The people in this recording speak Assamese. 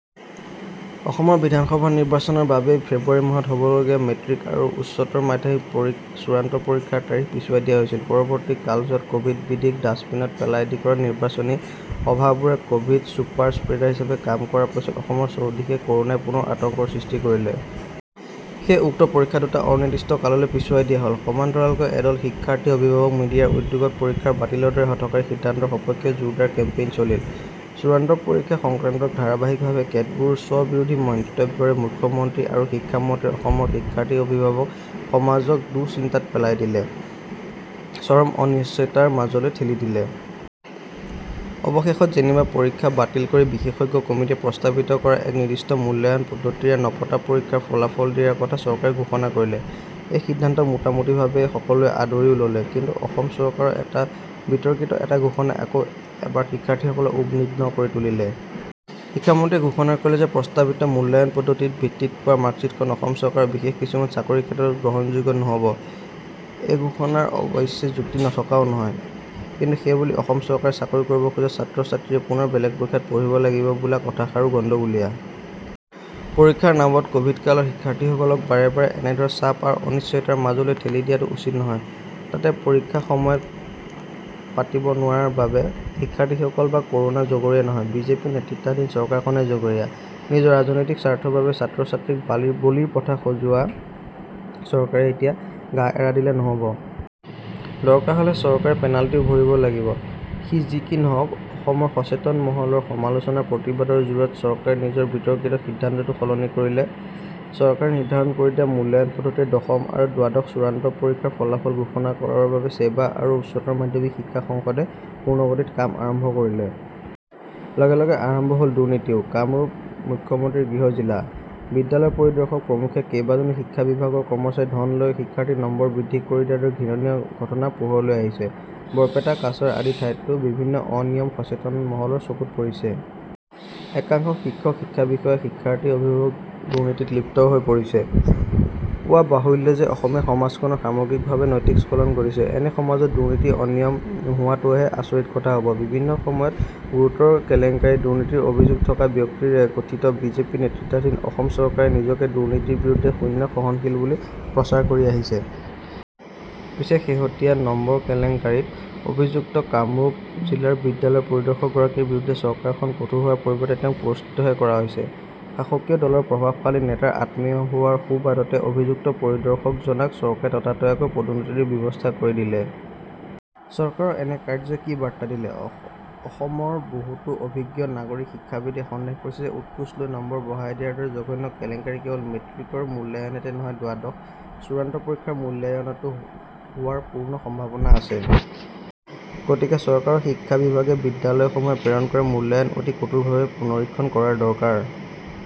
অসমৰ বিধানসভা নিৰ্বাচনৰ বাবেই ফেব্ৰুৱাৰী মাহত হ'বলগীয়া মেট্ৰিক আৰু উচ্চতৰ মাধ্যমিক চূড়ান্ত পৰীক্ষাৰ তাৰিখ পিছুৱাই দিয়া হৈছিল। পৰৱৰ্তী কালছোৱাত কভিড বিধিক ডাষ্টবিনত পেলাই দি কৰা নিৰ্বাচনী সভাবোৰে কভিড চুপাৰ স্প্ৰেদাৰ হিচাপে কাম কৰাৰ পিছত অসমৰ চৌদিশে কৰোনাই পুনৰ আতংকৰ সৃষ্টি কৰিলে। সেয়ে উক্ত পৰীক্ষা দুটা অনিৰ্দিষ্ট কাললৈ পিছুৱাই দিয়া হ'ল। সমান্তৰালকৈ এদল শিক্ষাৰ্থী, অভিভাৱক, মিডিয়াৰ উদ্যোগত পৰীক্ষা বাতিলৰ দৰে হঠকাৰী সিদ্ধান্তৰ সপক্ষেও জোৰদাৰ কেম্পেইন চলিল। চূড়ান্ত পৰীক্ষা সংক্ৰান্তত ধাৰাবাহিকভাৱে কেতবোৰ স্ববিৰোধী মন্তব্যৰে মুখ্যমন্ত্ৰী আৰু শিক্ষামন্ত্ৰীয়ে অসমৰ শিক্ষাৰ্থী অভিভাৱক সমাজক দুশ্চিন্তাত পেলাই চৰম অনিশ্চয়তাৰ মাজলৈ ঠেলি দিলে। অৱশেষত যেনিবা পৰীক্ষা বাতিল কৰি বিশেষজ্ঞ কমিটিয়ে প্ৰস্তাৱিত কৰা এক নিৰ্দিষ্ট মূল্যায়ন পদ্ধতিৰে নপতা পৰীক্ষাৰ ফলাফল দিয়াৰ কথা চৰকাৰে ঘোষণা কৰিলে। এই সিদ্ধান্ত মোটামুটিভাৱে সকলোৱে আদৰিও ললে। কিন্তু অসম চৰকাৰৰ বিতৰ্কিত এটা ঘোষণাই আকৌ এবাৰ শিক্ষাৰ্থীসকলক উদ্বিগ্ন কৰি তুলিলে। শিক্ষামন্ত্ৰীয়ে ঘোষণা কৰিলে যে প্ৰস্তাৱিত মূল্যায়ন পদ্ধতিৰ ভিত্তিত পোৱা মাৰ্কছীটখন অসম চৰকাৰৰ বিশেষ কিছুমান চাকৰিৰ ক্ষেত্ৰত গ্ৰহণযোগ্য নহ'ব। এই ঘোষণাৰ অৱশ্যে যুক্তি নথকাও নহয়। কিন্তু সেইবুলি অসম চৰকাৰৰ চাকৰি কৰিব খোজা ছাত্ৰছাত্ৰীয়ে পুনৰ বেলেগে পৰীক্ষাত বহিব লাগিব বোলা কথাষাৰ গণ্ডগোলীয়া। পৰীক্ষাৰ নামত কভিড কালৰ শিক্ষাৰ্থীসকলক বাৰে বাৰে এনেদৰে চাপ আৰু অনিশ্চয়তাৰ মাজলৈ ঠেলি দিয়াটো উচিত নহয়। তাতে পৰীক্ষা সময়মতে পাতিব নোৱাৰাৰ বাবে শিক্ষাৰ্থীসকল বা কৰোনা জগৰীয়া নহয়, বিজেপি নেতৃত্বাধীন চৰকাৰখনহে জগৰীয়া। নিজৰ ৰাজনৈতিক স্বাৰ্থৰ বাবে ছাত্ৰছাত্ৰীক বলিৰ পঠা সজোৱা চৰকাৰে সেয়ে এতিয়া গা এৰা দিলে নহ'ব। দৰকাৰ হ'লে চৰকাৰে পেনাল্টিও ভৰিব লাগিব। সি যি কি নহওক, অসমৰ সচেতন মহলৰ সমালোচনা-প্ৰতিবাদৰ জোৰত চৰকাৰে নিজৰ বিতৰ্কিত সিদ্ধান্তটো সলনি কৰিলে। চৰকাৰে নিৰ্ধাৰণ কৰি দিয়া মূল্যায়ন পদ্ধতিৰে দশম আৰু দ্বাদশ চূড়ান্ত পৰীক্ষাৰ ফলাফল ঘোষণাৰ বাবে ছেবা আৰু উচ্চতৰ মাধ্যমিক শিক্ষা সংসদে পূৰ্ণগতিত কাম আৰম্ভ কৰিলে। লগে লগে আৰম্ভ হ'ল দুৰ্নীতিও। কামৰূপ মুখ্যমন্ত্ৰীৰ গৃহ জিলা। বিদ্যালয় পৰিদৰ্শক প্ৰমুখ্যে কেইবাজনো শিক্ষাবিভাগৰ কৰ্মচাৰীয়ে ধন লৈ শিক্ষাৰ্থীৰ নম্বৰ বৃদ্ধি কৰি দিয়াৰ দৰে ঘৃণনীয় ঘটনা পোহৰলৈ আহিছে। বৰপেটা, কাছাৰ আদি ঠাইতো বিভিন্ন অনিয়ম সচেতন মহলৰ চকুত পৰিছে। একাংশ শিক্ষক, শিক্ষা বিষয়া, শিক্ষাৰ্থী, অভিভাৱক দুৰ্নীতিত লিপ্ত হৈ পৰিছে। কোৱা বাহুল্য যে অসমীয়া সমাজখনৰ সামগ্ৰিকভাৱে নৈতিক স্খলন ঘটিছে। এনে সমাজত দুৰ্নীতি-অনিয়ম নোহোৱাটোহে আচৰিত কথা হ'ব। বিভিন্ন সময়ত গুৰুতৰ কেলেংকাৰী-দুৰ্নীতিৰ অভিযোগ থকা ব্যক্তিৰে গঠিত বিজেপি নেতৃত্বাধীন অসম চৰকাৰে নিজকে দুৰ্নীতিৰ বিৰুদ্ধে শূন্য সহনশীল বুলি প্ৰচাৰ কৰি আহিছে। পিছে শেহতীয়া নম্বৰ কেলেংকাৰীত অভিযুক্ত কামৰূপ জিলাৰ বিদ্যালয় পৰিদৰ্শকগৰাকীৰ বিৰুদ্ধে চৰকাৰখন কঠোৰ হোৱাৰ পৰিৱৰ্তে তেওঁক পুৰস্কৃতহে কৰা হৈছে। শাসকীয় দলৰ প্ৰভাৱশালী নেতাৰ আত্মীয় হোৱাৰ সুবাদতে অভিযুক্ত পৰিদৰ্শকজনাক চৰকাৰে ততাতৈয়াকৈ পদোন্নতিৰ ব্যৱস্থা কৰি দিলে। চৰকাৰৰ এনে কাৰ্যই কি বাৰ্তা দিলে? অসমৰ বহুতো অভিজ্ঞ নাগৰিক শিক্ষাবিদে সন্দেহ কৰিছে যে উৎকোচ লৈ নম্বৰ বঢ়াই দিয়াৰ দৰে জঘন্য কেলেংকাৰি কেৱল মেট্ৰিকৰ মূল্যায়নতে নহয়, দ্বাদশ চূড়ান্ত পৰীক্ষাৰ মূল্যায়নতো হোৱাৰ পূৰ্ণ সম্ভাৱনা আছে। গতিকে চৰকাৰৰ শিক্ষা বিভাগে বিদ্যালয়সমূহে প্ৰেৰণ কৰা মূল্যায়ন অতি কঠোৰভাৱে পুনৰীক্ষণ কৰাৰ দৰকাৰ।